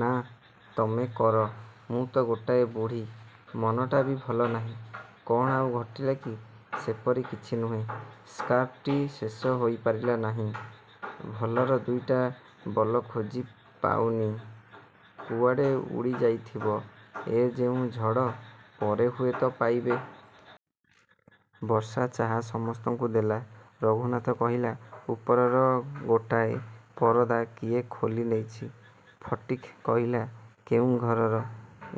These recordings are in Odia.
ନା, ତମେ କର। ମୁଁ ତ ଗୋଟାଏ ବୁଢ଼ୀ। ମନଟା ବି ଭଲ ନାହିଁ। କଣ ଆଉ ଘଟିଲା କି? ସେପରି କିଛି ନୁହେଁ। ସ୍କାର୍ଫଟି ଶେଷ ହୋଇପାରିଲା ନାହିଁ। ଭଲର ଦୁଇଟା ବଲ ଖୋଜି ପାଉନି। କୁଆଡ଼େ ଉଡ଼ିଯାଇଥିବ ଏ ଯେଉଁ ଝଡ଼, ପରେ ହୁଏତ ପାଇବେ। ବର୍ଷା ଚାହା ସମସ୍ତଙ୍କୁ ଦେଲା। ରଘୁନାଥ କହିଲା, ଉପରର ଗୋଟାଏ ପରଦା କିଏ ଖୋଲିନେଇଛି। ଫଟିକ୍ କହିଲା, କେଉଁ ଘରର?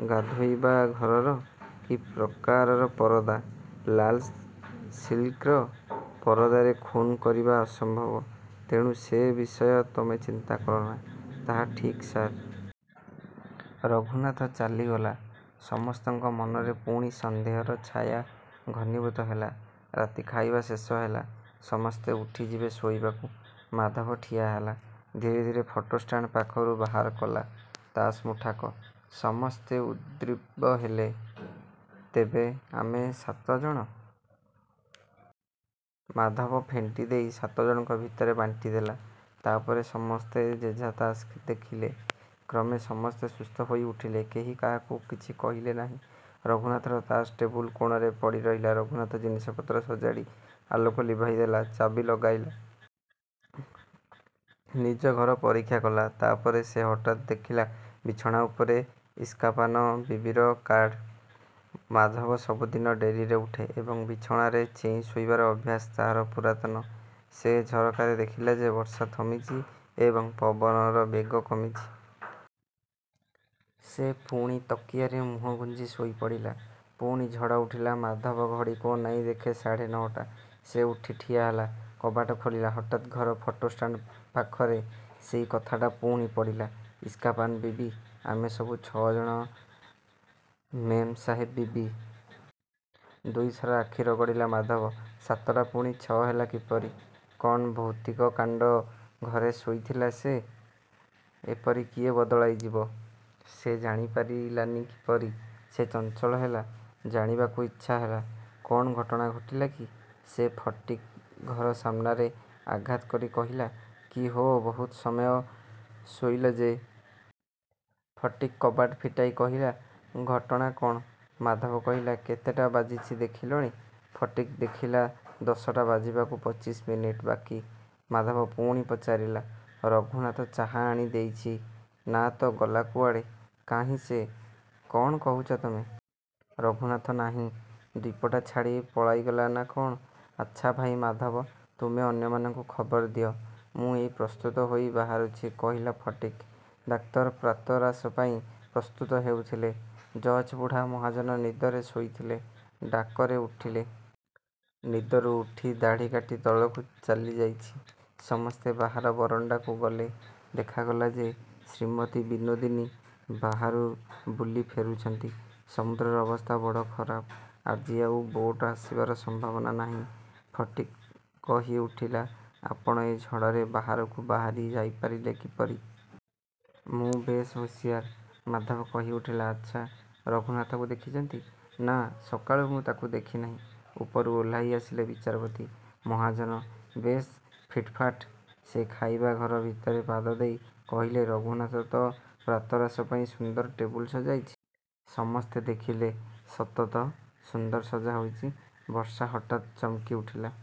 ଗାଧୋଇବା ଘରର। କି ପ୍ରକାରର ପରଦା? ଲାଲ ସିଲ୍କର। ପରଦାରେ ଖୁନ୍ କରିବା ଅସମ୍ଭବ, ତେଣୁ ସେ ବିଷୟ ତମେ ଚିନ୍ତା କରନା। ତାହା ଠିକ୍, ସାର୍! ରଘୁନାଥ ଚାଲିଗଲା। ସମସ୍ତଙ୍କ ମନରେ ପୁଣି ସନ୍ଦେହର ଛାୟା ଘନୀଭୂତ ହେଲା। ରାତି ଖାଇବା ଶେଷ ହେଲା। ସମସ୍ତେ ଉଠିଯିବେ ଶୋଇବାକୁ। ମାଧବ ଠିଆହେଲା। ଧୀରେ ଧୀରେ ଫଟୋ ଷ୍ଟାଣ୍ଡ ପାଖରୁ ବାହାର କଲା ତାସ୍ ମୁଠାକ। ସମସ୍ତେ ଉଦ୍ରିଗ ହେଲେ। ତେବେ ଆମେ ସାତ ଜଣ? ମାଧବ ଫେଣ୍ଟିଦେଇ ସାତ ଜଣଙ୍କ ଭିତରେ ବାଣ୍ଟିଦେଲା। ତା ପରେ ସମସ୍ତେ ଯେଝା ତାସ୍ ଦେଖିଲେ। କ୍ରମେ ସମସ୍ତେ ସୁସ୍ଥ ହୋଇଉଠିଲେ। କେହି କାହାକୁ କିଛି କହିଲେ ନାହିଁ। ରଘୁନାଥର ତାସ୍ ଟେବୁଲ କୋଣରେ ପଡ଼ିରହିଲା। ରଘୁନାଥ ଜିନିଷପତ୍ର ସଜାଡ଼ି ଆଲୋକ ଲିଭାଇଦେଲା। ଚାବି ଲଗାଇଲା। ନିଜ ଘର ପରୀକ୍ଷା କଲା। ତା ପରେ ସେ ହଠାତ୍ ଦେଖିଲା ବିଛଣା ଉପରେ ଇସ୍କାପାନ ବିବିର କାର୍ଡ଼! ମାଧବ ସବୁଦିନ ଡେରିରେ ଉଠେ ଏବଂ ବିଛଣାରେ ଚେଇଁ ଶୋଇବାର ଅଭ୍ୟାସ ତାହାର ପୁରାତନ। ସେ ଝରକାରେ ଦେଖିଲା ଯେ ବର୍ଷା ଥମିଛି ଏବଂ ପବନର ବେଗ କମିଛି। ସେ ପୁଣି ତକିଆରେ ମୁହଁ ଗୁଞ୍ଜି ଶୋଇପଡ଼ିଲା। ପୁଣି ଝଡ଼ ଉଠିଲା। ମାଧବ ଘଡ଼ିକୁ ଅନାଇ ଦେଖେ ସାଢ଼େ ନଅଟା। ସେ ଉଠି ଠିଆହେଲା। କବାଟ ଖୋଲିଲା। ହଠାତ୍ ଘର ଫଟୋ ଷ୍ଟାଣ୍ଡ ପାଖରେ ସେଇ କଥାଟା ପୁଣି ପଢ଼ିଲା, ଇସ୍କାପାନ ବିବି, ଆମେ ସବୁ ଛଅ ଜଣ ମେମ୍ ସାହେବ ବିବି। ଦୁଇ ଥର ଆଖି ରଗଡ଼ିଲା ମାଧବ। ସାତଟା ପୁଣି ଛଅ ହେଲା କିପରି! କଣ ଭୌତିକ କାଣ୍ଡ! ଘରେ ଶୋଇଥିଲା ସେ। ଏପରି କିଏ ବଦଳାଇଯିବ, ସେ ଜାଣିପାରିଲାନି କିପରି? ସେ ଚଞ୍ଚଳ ହେଲା। ଜାଣିବାକୁ ଇଚ୍ଛା ହେଲା, କଣ ଘଟଣା ଘଟିଲା କି? ସେ ଫଟିକ୍ ଘର ସାମ୍ନାରେ ଆଘାତ କରି କହିଲା, କିହୋ, ବହୁତ ସମୟ ଶୋଇଲ ଯେ! ଫଟିକ୍ କବାଟ ଫିଟାଇ କହିଲା, ଘଟଣା କଣ? ମାଧବ କହିଲା, କେତେଟା ବାଜିଛି ଦେଖିଲଣି! ଫଟିକ୍ ଦେଖିଲା ଦଶଟା ବାଜିବାକୁ ପଚିଶ ମିନିଟ୍ ବାକି। ମାଧବ ପୁଣି ପଚାରିଲା, ରଘୁନାଥ ଚାହା ଆଣି ଦେଇଛି? ନା ତ, ଗଲା କୁଆଡ଼େ? କାହିଁ ସେ? କଣ କହୁଛ ତମେ? ରଘୁନାଥ ନାହିଁ। ଦ୍ଵୀପଟା ଛାଡ଼ି ପଳାଇଗଲା ନା କଣ? ଆଚ୍ଛା ଭାଇ ମାଧବ, ତୁମେ ଅନ୍ୟମାନଙ୍କୁ ଖବର ଦିଅ। ମୁଁ ଏଇ ପ୍ରସ୍ତୁତ ହୋଇ ବାହାରୁଛି, କହିଲା ଫଟିକ୍। ଡାକ୍ତର ପ୍ରାତରାଶ ପାଇଁ ପ୍ରସ୍ତୁତ ହେଉଥିଲେ। ଜଜ୍ ବୁଢ଼ା ମହାଜନ ନିଦରେ ଶୋଇଥିଲେ। ଡାକରେ ଉଠିଲେ। ନିଦରୁ ଉଠି ଦାଢ଼ି କାଟି ତଳକୁ ଚାଲିଯାଇଛି। ସମସ୍ତେ ବାହାର ବରଣ୍ଡାକୁ ଗଲେ। ଦେଖାଗଲା ଯେ ଶ୍ରୀମତୀ ବିନୋଦିନୀ ବାହାରୁ ବୁଲି ଫେରୁଛନ୍ତି। ସମୁଦ୍ରର ଅବସ୍ଥା ବଡ଼ ଖରାପ। ଆଜି ଆଉ ବୋଟ ଆସିବାର ସମ୍ଭାବନା ନାହିଁ। ଫଟିକ୍ କହିଉଠିଲା, ଆପଣ ଏ ଝଡ଼ରେ ବାହାରକୁ ବାହାରି ଯାଇପାରିଲେ କିପରି? ମୁଁ ବେଶ୍ ହୁସିଆର। ମାଧବ କହିଉଠିଲା, ଆଚ୍ଛା, ରଘୁନାଥକୁ ଦେଖିଛନ୍ତି? ନା, ସକାଳୁ ମୁଁ ତାକୁ ଦେଖିନାହିଁ। ଉପରୁ ଓଲ୍ହାଇ ଆସିଲେ ବିଚାରପତି ମହାଜନ। ବେଶ୍ ଫିଟଫାଟ। ସେ ଖାଇବା ଘର ଭିତରେ ପାଦ ଦେଇ କହିଲେ, ରଘୁନାଥ ତ ପ୍ରାତରାଶ ପାଇଁ ସୁନ୍ଦର ଟେବୁଲ ସଜାଇଛି। ସମସ୍ତେ ଦେଖିଲେ, ସତ ତ! ସୁନ୍ଦର ସଜା ହୋଇଛି। ବର୍ଷା ହଠାତ୍ ଚମକିଉଠିଲା।